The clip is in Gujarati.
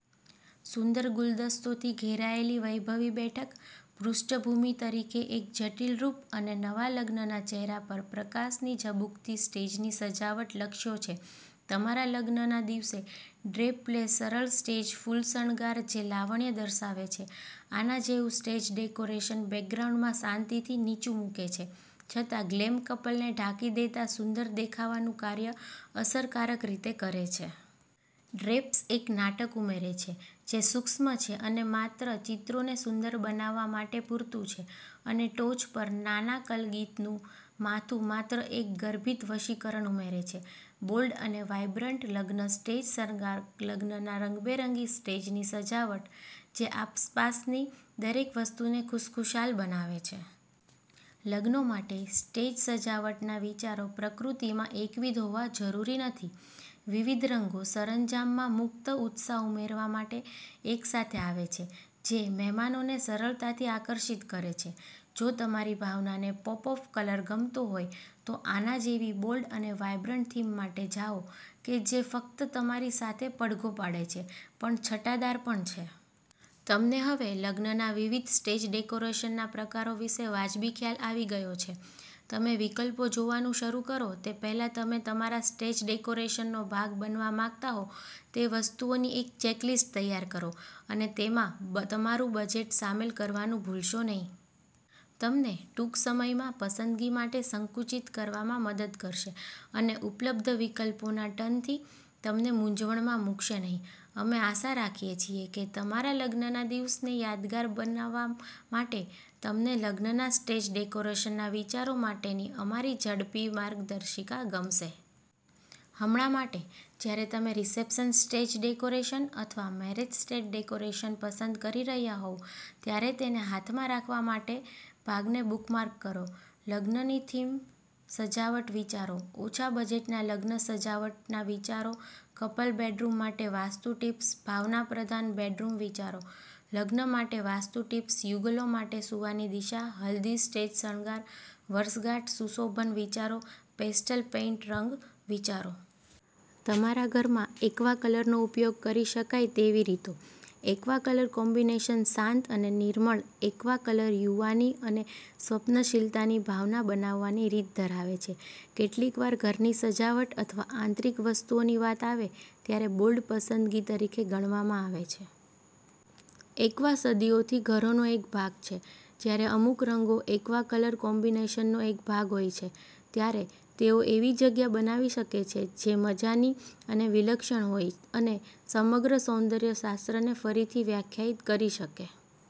સુંદર ગુલદસ્તોથી ઘેરાયેલી વૈભવી બેઠક, પૃષ્ઠભૂમિ તરીકે એક જટિલ રૂપ અને નવા લગ્નના ચહેરા પર પ્રકાશની ઝબૂકતી સ્ટેજની સજાવટ લક્ષ્યો છે. તમારા લગ્નના દિવસે ડ્રેપ પ્લે સરળ સ્ટેજ ફૂલ શણગાર જે લાવણ્ય દર્શાવે છે આના જેવું સ્ટેજ ડેકોરેશન બેકગ્રાઉન્ડમાં શાંતિથી નીચું મૂકે છે છતાં ગ્લેમ કપલને ઢાંકી દેતા સુંદર દેખાવાનું કાર્ય અસરકારક રીતે કરે છે. ડ્રેપ્સ એક નાટક ઉમેરે છે જે સૂક્ષ્મ છે અને માત્ર ચિત્રોને સુંદર બનાવવા માટે પૂરતું છે અને ટોચ પર નાના કલગીનું માથું માત્ર એક ગર્ભિત વશીકરણ ઉમેરે છે. બોલ્ડ અને વાઇબ્રન્ટ લગ્ન સ્ટેજ શણગાર લગ્નના રંગબેરંગી સ્ટેજની સજાવટ જે આસપાસની દરેક વસ્તુને ખુશખુશાલ બનાવે છે. લગ્નો માટે સ્ટેજ સજાવટના વિચારો પ્રકૃતિમાં એકવિધ હોવા જરૂરી નથી. વિવિધ રંગો સરંજામમાં મુક્ત ઉત્સાહ ઉમેરવા માટે એકસાથે આવે છે જે મહેમાનોને સરળતાથી આકર્ષિત કરે છે. જો તમારી ભાવનાને પોપ ઓફ કલર ગમતો હોય, તો આના જેવી બોલ્ડ અને વાઇબ્રન્ટ થીમ માટે જાઓ કે જે ફક્ત તમારી સાથે પડઘો પાડે છે પણ છટાદાર પણ છે. તમને હવે લગ્નના વિવિધ સ્ટેજ ડેકોરેશનના પ્રકારો વિશે વાજબી ખ્યાલ આવી ગયો છે. તમે વિકલ્પો જોવાનું શરૂ કરો તે પહેલાં તમે તમારા સ્ટેજ ડેકોરેશનનો ભાગ બનવા માંગતા હો તે વસ્તુઓની એક ચેકલિસ્ટ તૈયાર કરો અને તેમાં તમારું બજેટ સામેલ કરવાનું ભૂલશો નહીં. તમને ટૂંક સમયમાં પસંદગી માટે સંકુચિત કરવામાં મદદ કરશે અને ઉપલબ્ધ વિકલ્પોના ટનથી તમને મૂંઝવણમાં મૂકશે નહીં. અમે આશા રાખીએ છીએ કે તમારા લગ્નના દિવસને યાદગાર દિવસ બનાવવા માટે તમને લગ્નના સ્ટેજ ડેકોરેશનના વિચારો માટેની અમારી ઝડપી માર્ગદર્શિકા ગમશે. હમણાં માટે, જ્યારે તમે રિસેપ્શન સ્ટેજ ડેકોરેશન અથવા મેરેજ સ્ટેજ ડેકોરેશન પસંદ કરી રહ્યાં હોવ ત્યારે તેને હાથમાં રાખવા માટે ભાગને બુકમાર્ક કરો. લગ્ન થીમ સજાવટ વિચારો, ઓછા બજેટના લગ્ન સજાવટના વિચારો, કપલ બેડરૂમ માટે વાસ્તુ ટિપ્સ, ભાવનાપ્રધાન બેડરૂમ વિચારો, લગ્ન માટે વાસ્તુ ટિપ્સ, યુગલો માટે સૂવાની દિશા, હલ્દી સ્ટેજ શણગાર, વર્ષગાંઠ સુશોભન વિચારો, પેસ્ટલ પેઇન્ટ રંગ વિચારો. તમારા ઘરમાં એક્વા કલરનો ઉપયોગ કરી શકાય તેવી રીતો. એક્વા કલર કોમ્બિનેશન શાંત અને નિર્મળ, એક્વા કલર યુવાની અને સ્વપ્નશીલતાની ભાવના બનાવવાની રીત ધરાવે છે. કેટલીક વાર ઘરની સજાવટ અથવા આંતરિક વસ્તુઓની વાત આવે ત્યારે બોલ્ડ પસંદગી તરીકે ગણવામાં આવે છે. એક્વા સદીઓથી ઘરોનો એક ભાગ છે. જ્યારે અમુક રંગો એક્વા કલર કોમ્બિનેશનનો એક ભાગ હોય છે, ત્યારે તેઓ એવી જગ્યા બનાવી શકે છે જે મજાની અને વિલક્ષણ હોય અને સમગ્ર સૌંદર્ય શાસ્ત્રને ફરીથી વ્યાખ્યાયિત કરી શકે.